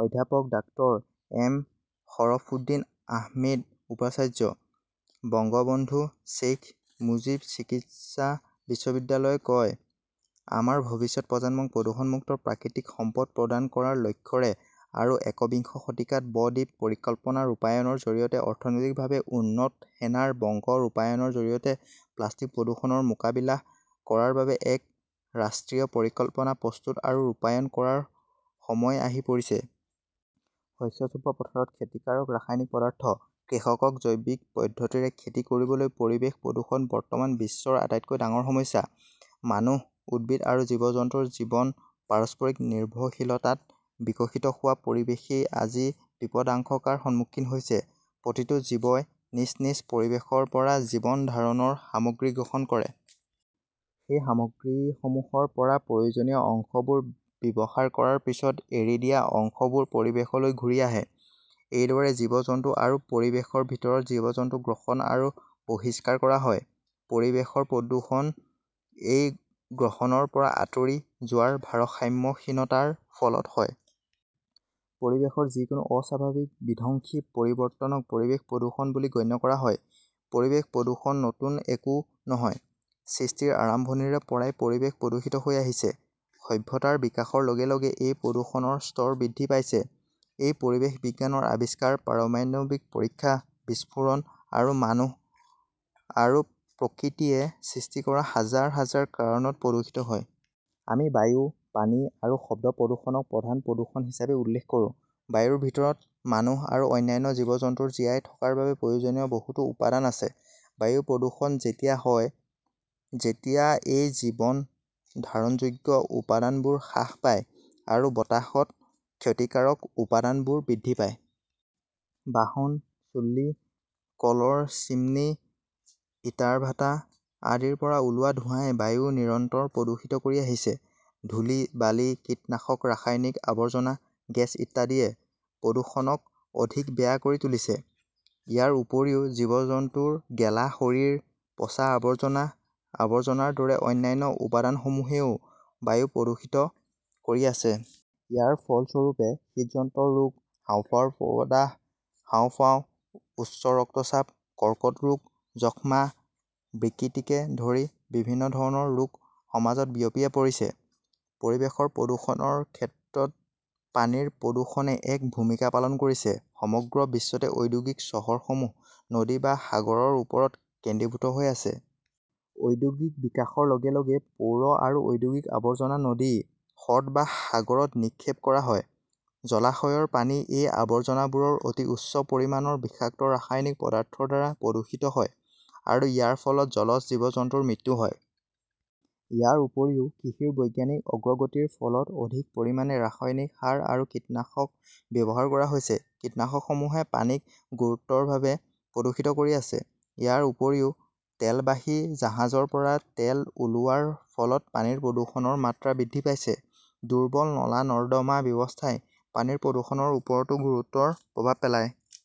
অধ্যাপক ডাঃ এম শৰফুদ্দিন আহমেদ উপাচাৰ্য, বঙ্গবন্ধু শ্বেইখ মুজীব চিকিৎসা বিশ্ববিদ্যালয় কয় - "আমাৰ ভৱিষ্যত প্ৰজন্মক প্ৰদূষণমুক্ত প্ৰাকৃতিক সম্পদ প্ৰদান কৰাৰ লক্ষ্যৰে আৰু একবিংশ শতিকাত ব-দ্বীপ পৰিকল্পনা ৰূপায়ণৰ জৰিয়তে অৰ্থনৈতিকভাৱে উন্নত সোনাৰ বংগ ৰূপায়ণৰ জৰিয়তে প্লাষ্টিক প্ৰদূষণৰ মোকাবিলা কৰাৰ বাবে এক ৰাষ্ট্ৰীয় পৰিকল্পনা প্ৰস্তুত আৰু ৰূপায়ণ কৰাৰ সময় আহি পৰিছে"। শস্য চপোৱা পথাৰত ক্ষতিকাৰক ৰাসায়নিক পদাৰ্থ, কৃষকক জৈৱিক পদ্ধতিৰে খেতি কৰিবলৈ পৰিৱেশ প্ৰদূষণ বৰ্তমান বিশ্বৰ আটাইতকৈ ডাঙৰ সমস্যা। মানুহ, উদ্ভিদ আৰু জীৱ-জন্তুৰ জীৱন পাৰস্পৰিক নিৰ্ভৰশীলতাত বিকশিত হোৱা পৰিৱেশই আজি বিপদাশংকাৰ সন্মুখীন হৈছে। প্ৰতিটো জীৱই নিজ নিজ পৰিৱেশৰ পৰা জীৱন ধাৰণৰ সামগ্ৰী গ্ৰহণ কৰে। সেই সামগ্ৰীসমূহৰ পৰা প্ৰয়োজনীয় অংশবোৰ ব্যৱহাৰ কৰাৰ পিছত এৰি দিয়া অংশবোৰ পৰিৱেশলৈ ঘূৰি আহে। এইদৰে জীৱ-জন্তু আৰু পৰিৱেশৰ ভিতৰত জীৱ-জন্তু গ্ৰহণ আৰু বহিষ্কাৰ কৰা হয়। পৰিৱেশৰ প্ৰদূষণ এই গ্ৰহণৰ পৰা আঁতৰি যোৱাৰ ভাৰসাম্যহীনতাৰ ফলত হয়। পৰিৱেশৰ যিকোনো অস্বাভাৱিক বিধ্বংসী পৰিৱৰ্তনক পৰিৱেশ প্ৰদূষণ বুলি গণ্য কৰা হয়। পৰিৱেশ প্ৰদূষণ নতুন একো নহয়, সৃষ্টিৰ আৰম্ভণিৰে পৰাই পৰিৱেশ প্ৰদূষিত হৈ আহিছে। সভ্যতাৰ বিকাশৰ লগে লগে এই প্ৰদূষণৰ স্তৰ বৃদ্ধি পাইছে। এই পৰিৱেশ বিজ্ঞানৰ আৱিষ্কাৰ, পাৰমাণৱিক পৰীক্ষা, বিস্ফোৰণ আৰু মানুহ আৰু প্ৰকৃতিয়ে সৃষ্টি কৰা হাজাৰ হাজাৰ কাৰণত প্ৰদূষিত হয়। আমি বায়ু, পানী আৰু শব্দ প্ৰদূষণক প্ৰধান প্ৰদূষণ হিচাপে উল্লেখ কৰোঁ। বায়ুৰ ভিতৰত মানুহ আৰু অন্যান্য জীৱ-জন্তুৰ জীয়াই থকাৰ বাবে প্ৰয়োজনীয় বহুতো উপাদান আছে। বায়ু প্ৰদূষণ তেতিয়া হয় যেতিয়া এই জীৱন ধাৰণযোগ্য উপাদানবোৰ হ্ৰাস পায় আৰু বতাহত ক্ষতিকাৰক উপাদানবোৰ বৃদ্ধি পায়। বাহন, চুল্লী, কলৰ চিমনী, ইটাৰভাটা আদিৰ পৰা ওলোৱা ধোঁৱাই বায়ু নিৰন্তৰ প্ৰদূষিত কৰি আহিছে। ধূলি, বালি, কীটনাশক, ৰাসায়নিক আৱৰ্জনা, গেছ ইত্যাদিয়ে প্ৰদূষণক অধিক বেয়া কৰি তুলিছে। ইয়াৰ উপৰিও জীৱ-জন্তুৰ গেলা শৰীৰ, পচা আৱৰ্জনা, আৱৰ্জনাৰ দৰে অন্যান্য উপাদানসমূহেও বায়ু প্ৰদূষিত কৰি আছে। ইয়াৰ ফলস্বৰূপে হৃদযন্ত্ৰৰ ৰোগ, হাঁওফাঁওৰ প্ৰদাহ, হাঁওফাঁও, উচ্চ ৰক্তচাপ, কৰ্কট ৰোগ, যক্ষ্মা, বিকৃতিকে ধৰি বিভিন্ন ধৰণৰ ৰোগ সমাজত বিয়পি পৰিছে। পৰিৱেশৰ প্ৰদূষণৰ ক্ষেত্ৰত পানীৰ প্ৰদূষণে এক ভূমিকা পালন কৰিছে। সমগ্ৰ বিশ্বতে ঔদ্যোগিক চহৰসমূহ নদী বা সাগৰৰ ওপৰত কেন্দ্ৰীভূত হৈ আছে। ঔদ্যোগিক বিকাশৰ লগে লগে পৌৰ আৰু ঔদ্যোগিক আৱৰ্জনা নদী, হ্ৰদ বা সাগৰত নিক্ষেপ কৰা হয়। জলাশয়ৰ পানী এই আৱৰ্জনাবোৰৰ অতি উচ্চ পৰিমাণৰ বিষাক্ত ৰাসায়নিক পদাৰ্থৰ দ্বাৰা প্ৰদূষিত হয় আৰু ইয়াৰ ফলত জলজ জীৱ-জন্তুৰ মৃত্যু হয়। ইয়াৰ উপৰিও কৃষিৰ বৈজ্ঞানিক অগ্ৰগতিৰ ফলত অধিক পৰিমাণে ৰাসায়নিক সাৰ আৰু কীটনাশক ব্যৱহাৰ কৰা হৈছে। কীটনাশকসমূহে পানীক গুৰুতৰভাৱে প্ৰদূষিত কৰি আছে। ইয়াৰ উপৰিও, তেলবাহী জাহাজৰ পৰা তেল ওলোৱাৰ ফলত পানীৰ প্ৰদূষণৰ মাত্ৰা বৃদ্ধি পাইছে। দুৰ্বল নলা-নৰ্দমা ব্যৱস্থাই পানীৰ প্ৰদূষণৰ ওপৰতো গুৰুতৰ প্ৰভাৱ পেলায়।